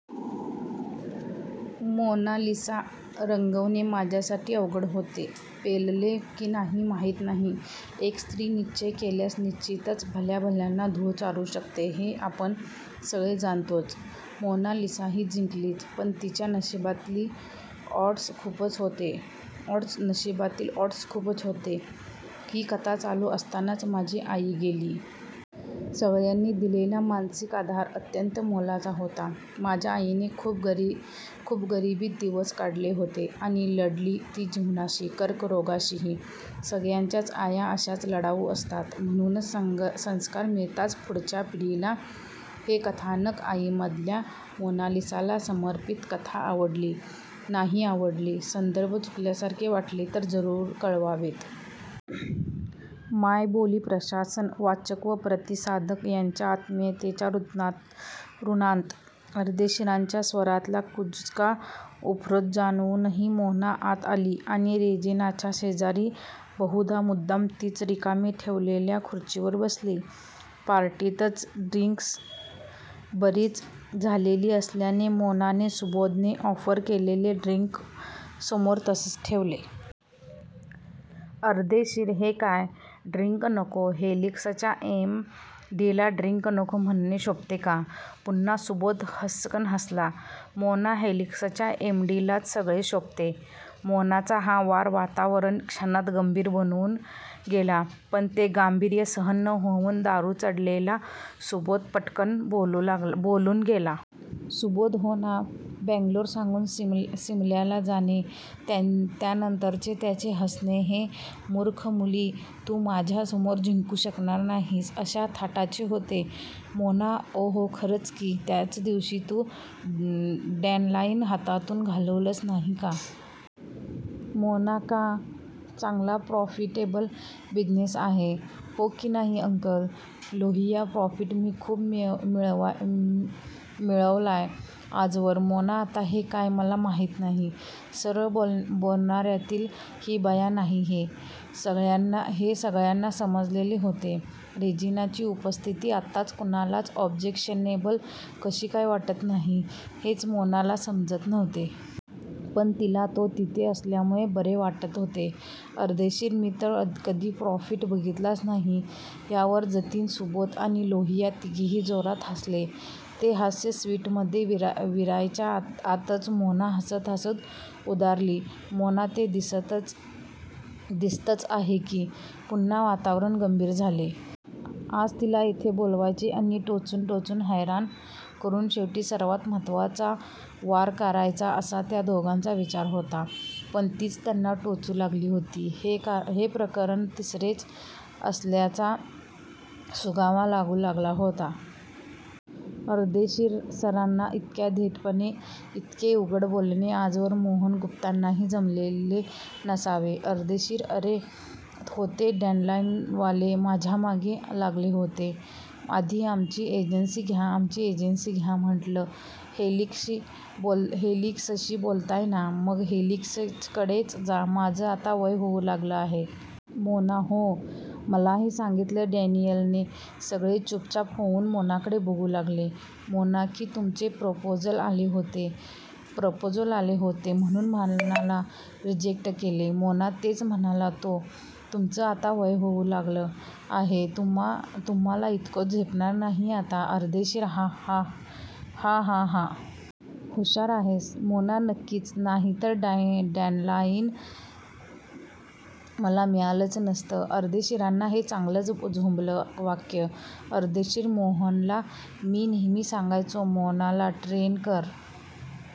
Mona Lisa रंगवणे माझ्यासाठी अवघड होते. पेलले की नाही माहीत नाही. एक स्त्री निश्चय केल्यास निश्चीतच भल्याभल्यांना धूळ चारू शकते हे आपण सगळे जाणतोच! मोनालिसाही जिंकलीच, पण तिच्या नशीबातील 'ऑड्स' खूपच होते.. ही कथा चालू असतानाच माझी आई गेली. सगळ्यांनी दिलेला मानसिक आधार अत्यंत मोलाचा होता. माझ्या आईने खूप गरीबीत दिवस काढलेले होते. आणि लढली ती जीवनाशी. कर्करोगाशीही! सगळ्यांच्याच आया अशाच लढाऊ असतात. म्हणूनच संस्कार मिळतात पुढच्या पिढीला, हे कथानक आईमधल्या मोनालिसाला समर्पीत, कथा आवडली, नाही आवडली, संदर्भ चुकल्यासारखे वाटले तर जरूर कळवावेत! मायबोली प्रशासन, वाचक व प्रतिसादक यांच्या आत्मीयतेच्या ऋणात. अर्देशीरांच्या स्वरातला कुजका उपरोध जाणवूनही मोना आत आली आणि रेजिनाच्या शेजारी 'बहुधा मुद्दाम तीच रिकामी ठेवलेल्या' खुर्चीवर बसली. पार्टीतच ड्रिन्क्स बरीच झालेली असल्याने मोनाने सुबोधने ऑफर केलेले ड्रिन्क समोर तसेच ठेवले. अर्देशीर हे काय? ड्रिन्क नको?? हेलिक्सच्या एम डी ला ड्रिन्क नको म्हणणे शोभते का? पुन्हा सुबोध फस्सकन हासला. मोना हेलिक्सच्या एमडीलाच सगळे शोभते. मोनाचा हा वार वातावरण क्षणात गंभीर बनवून गेला. पण ते गांभीर्य सहन न होऊन दारू चढलेला सुबोध पटकन बोलून गेला. सुबोध हो ना, बँगलोर सांगून सिमल्याला जाणे... त्यानंतरचे त्याचे हासणे हे 'मूर्ख मुली, तू माझ्यासमोर जिंकू शकणार नाहीस' अशा थाटाचे होते. मोना ओह खरच की? त्याचदिवशी तू डॅनलाईन हातातून घालवलंस नाही का? मोना का? चांगला प्रॉफिटेबल बिझिनेस आहे. हो की नाही अंकल? लोहिया प्रॉफिट मी खूप मिळवलाय आजवर मोना आता ते काय मला माहीत नाही? सरळ बोलणार्यातली ही बया नाही हे सगळ्यांना समजलेले होते. रेजिनाची उपस्थिती आत्ता कुणालाच ऑब्जेक्शनेबल कशी काय वाटत नाही हेच मोनाला समजत नव्हते. पण तिला तो तिथे असल्यामुळे बरे वाटत होते. अर्देशीर मी तर कधी प्रॉफिट बघितलाच नाही. यावर जतीन, सुबोध आणि लोहिया तिघेही जोरात हासले. ते हास्य स्विटमध्ये विरायच्या आतच मोना हासत हासत उद्गारली. मोना ते दिसतंच आहे की, पुन्हा वातावरण गंभीर झाले. आज तिला इथे बोलवायचे आणि टोचून टोचून हैराण करून शेवटी सर्वात महत्वाचा वार करायचा असा त्या चौघांचा विचार होता. पण तीच यांना टोचू लागली होती. हे प्रकरण तिसरेच असल्याचा सुगावा लागू लागला होता. अर्देशीर सरांना इतक्या धीटपणे इतके उघड बोलणे आजवर मोहन गुप्तांनाही जमलेले नसावे. अर्देशीर अरे होते डॅनलाईनवाले माझ्यामागे लागले होते आधी आमची एजन्सी घ्या, आमची एजन्सी घ्या, म्हंटलं हेलिक्सशी बोलताय ना? मग हेलिक्सकडेच जा, माझं आता वय होऊ लागलं आहे. मोना हो, मलाही सांगीतलं डॅनीयलने, सगळे चुपचाप होऊन मोनाकडे बघू लागले. मोना की तुमचे प्रपोजल आले होते म्हणून म्हणाला रिजेक्ट केले. मोना तेच म्हणाला तो, तुमचं आता वय होऊ लागलं आहे. तुम्हाला इतकं झेपणार नाही आता, अर्देशीर हा हा हा हा! हुषार आहेस. मोना नक्कीच, नाहीतर डॅनलाईन मला मिळालंच नसतं. अर्देशीरांना हे चांगलंच झोंबलं वाक्य! अर्देशीर मोहनला मी नेहमी सांगायचो. मोनाला ट्रेन कर--